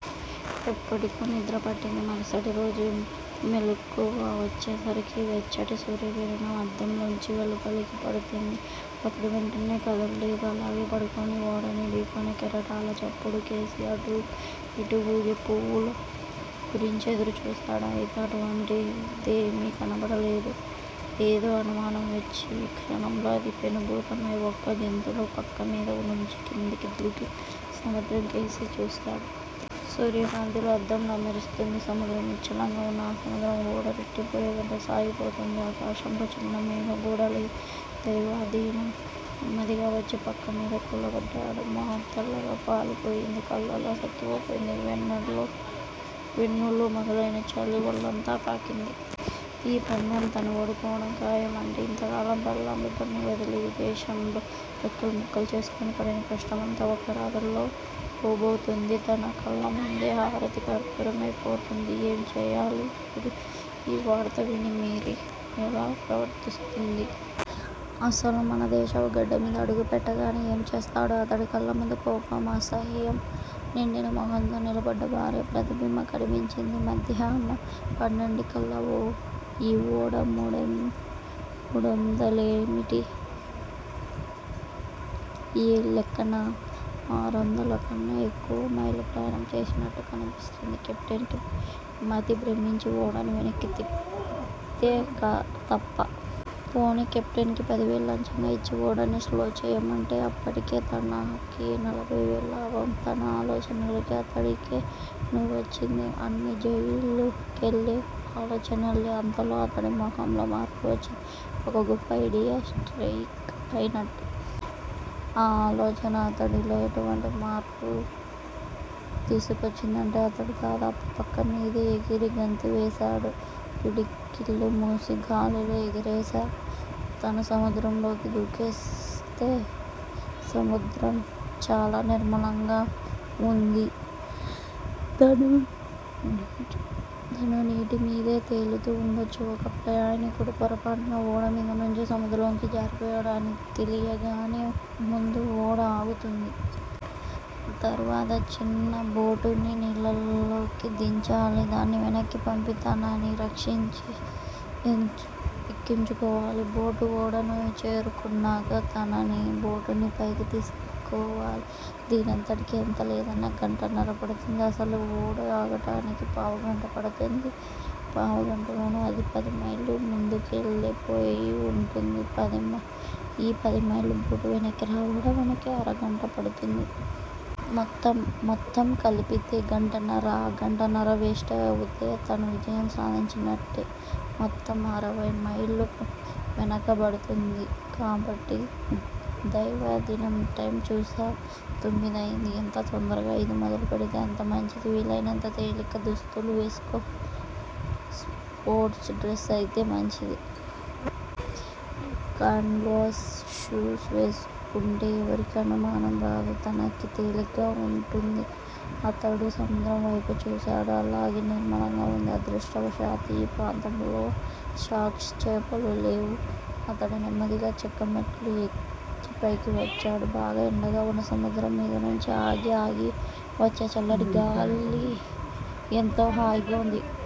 ఎప్పటికో నిద్రపట్టింది. మరుసటిరోజు మెలకువ వచ్చేసరికి వెచ్చటి సూర్యకిరణం అద్దంలోంచి లోపలికి పడుతూంది. అతడు వెంటనే కదల్లేదు. అలాగే పడుకుని ఓడని ఢీకొనే కెరటాల చప్పుడుకేసీ, అటూ ఇటూవూగే వూపుల గురించీ ఎదురుచూశాడు. అయితే అటువంటిదేమీ కనబడలేదు. ఏదో అనుమానం వచ్చి, క్షణంలో అది పెనుభూతమై ఒక్క గెంతులో పక్కమీద నుంచి కిందికి దూకి, సముద్రంకేసి చూశాడు. సూర్యకాంతిలో అద్దంలా మెరుస్తూంది సముద్రం నిశ్చలంగా ఉన్న ఆ సముద్రంలో ఓడ రెట్టింపు వేగంతో సాగిపోతూంది. ఆకాశంలో చిన్న మేఘం కూడా లేదు. దైవాధీనం నెమ్మదిగా వచ్చి పక్కమీద కూలబడ్డాడు. మొహం తెల్లగా పాలిపోయింది. కాళ్ళలో సత్తువ పోయింది. వెన్నులో మొదలైన చలి ఒళ్ళంతా పాకింది. ఈ పందెం తను ఓడిపోవటం ఖాయం. అంటే ఇంతకాలం పెళ్ళాం బిడ్డల్ని వదిలి, విదేశంలో రెక్కలు ముక్కలు చేసుకుని పడిన కష్టం అంతా ఒక్క రాత్రిలో పోబోతూంది. తన కళ్ళముందే హారతి కర్పూరమై పోతూంది. ఏం చెయ్యాలి ఇప్పుడు. ఈ వార్త విని మేరీ ఎలా ప్రవర్తిస్తుంది? అసలు మన దేశపు గడ్డమీద అడుగు పెట్టగానే ఏం చేస్తాడు? అతడి కళ్ళముందు కోపం, అసహ్యం నిండిన మొహంతో నిలబడ్డ భార్య ప్రతిబింబం కనిపించింది. మధ్యాహ్నం పన్నెండింటికల్లా ఈ ఓడ మూడొందలేమిటి? ఈ లెక్కన ఆరొందలకన్నా ఎక్కువ మైళ్ళు ప్రయాణం చేసేటట్టు కనిపిస్తుంది కెప్టెన్ కి మతిభ్రమించి ఓడని వెనక్కి తిప్పితే తప్ప! పోనీ కెప్టెన్ కి పదివేలు లంచంగా ఇచ్చి ఓడని స్లో చెయ్యమంటే? అప్పటికీ తనకి నలభై వేలు లాభం! తన ఆలోచనలకి అతడికే నవ్వు వచ్చింది. అన్నీ జైలు కెళ్ళే ఆలోచన్లే. అంతలో అతడి మొహంలో మార్పు వచ్చింది ఒక గొప్ప ఐడియా స్ట్రయిక్ అయినట్టూ. ఆ ఆలోచన అతడిలో ఎటువంటి మార్పు తీసుకొచ్చిందంటే అతడు దాదాపు పక్కమీదే ఎగిరి గంతువేశాడు. పిడికిళ్ళు మూసి గాలిలోకి ఎగిరేశాడు తను సముద్రంలోకి దూకేస్తే? సముద్రం చాలా నిర్మలంగా ఉంది!!! తను నీటిమీదే తేలుతూ ఉండొచ్చు!!! ఒక ప్రయాణీకుడు పొరపాటున ఓడ మీద నుంచి సముద్రంలోకి జారిపోయాడు అని తెలుయగానే ముందు ఓడ ఆగుతుంది. తరువాత చిన్న బోటుని నీళ్ళలోకి దించాలి. దాన్ని వెనక్కి పంపి, తనని రక్షించి ఎక్కించుకోవాలి. బోటు ఓడను చేరుకొన్నాక తననీ, బోటునీ పైకి తీసుకోవాలి. దీనంతటికీ ఎంతలేదన్నా గంటన్నరపడుతుంది. అసలు ఓడ ఆగటానికే పావుగంట పడుతుంది. పావుగంటలోనూ అది పదిమైళ్ళు ముందుకెళ్ళి పోయి వుంటుంది. ఈ పదిమైళ్ళూ బోటు వెనక్కి రావటానికి అరగంట పడుతుంది. మొత్తం కలిపితే గంటన్నర. ఆ గంటన్నర వేస్టు అవుతే తను విజయం సాధించినట్టే, మొత్తం అరవైమైళ్ళు వెనకబడుతుంది కాబట్టి. దైవాధీనం టైమ్ చూశాడు. తొమ్మిదయింది. ఎంత తొందరగా ఇది మొదలు పెడితే అంత మంచిది వీలైనంత తేలిక దుస్తులు వేసుకోవాలి. స్పోర్ట్సు డ్రెస్ అయితే మంచిది. కాన్వాస్ షూస్ వేసుకుంటే ఎవరికీ అనుమానం రాదు. తనకీ తేలిగ్గా వుంటుంది. అతడు సముద్రం వేపు చూశాడు. అలాగే నిర్మలంగా వుంది. అదృష్టవశాత్తు ఈ ప్రాంతంలో షార్క్ చేపలు లేవు. అతడు నెమ్మదిగా చెక్క మెట్లు ఎక్కిపైకి వచ్చాడు. బాగా ఎండగా వున్నా, సముద్రం మీదనుంచి ఆగి ఆగి వచ్చే చల్లటి గాలి ఎంతో హాయిగా వుంది.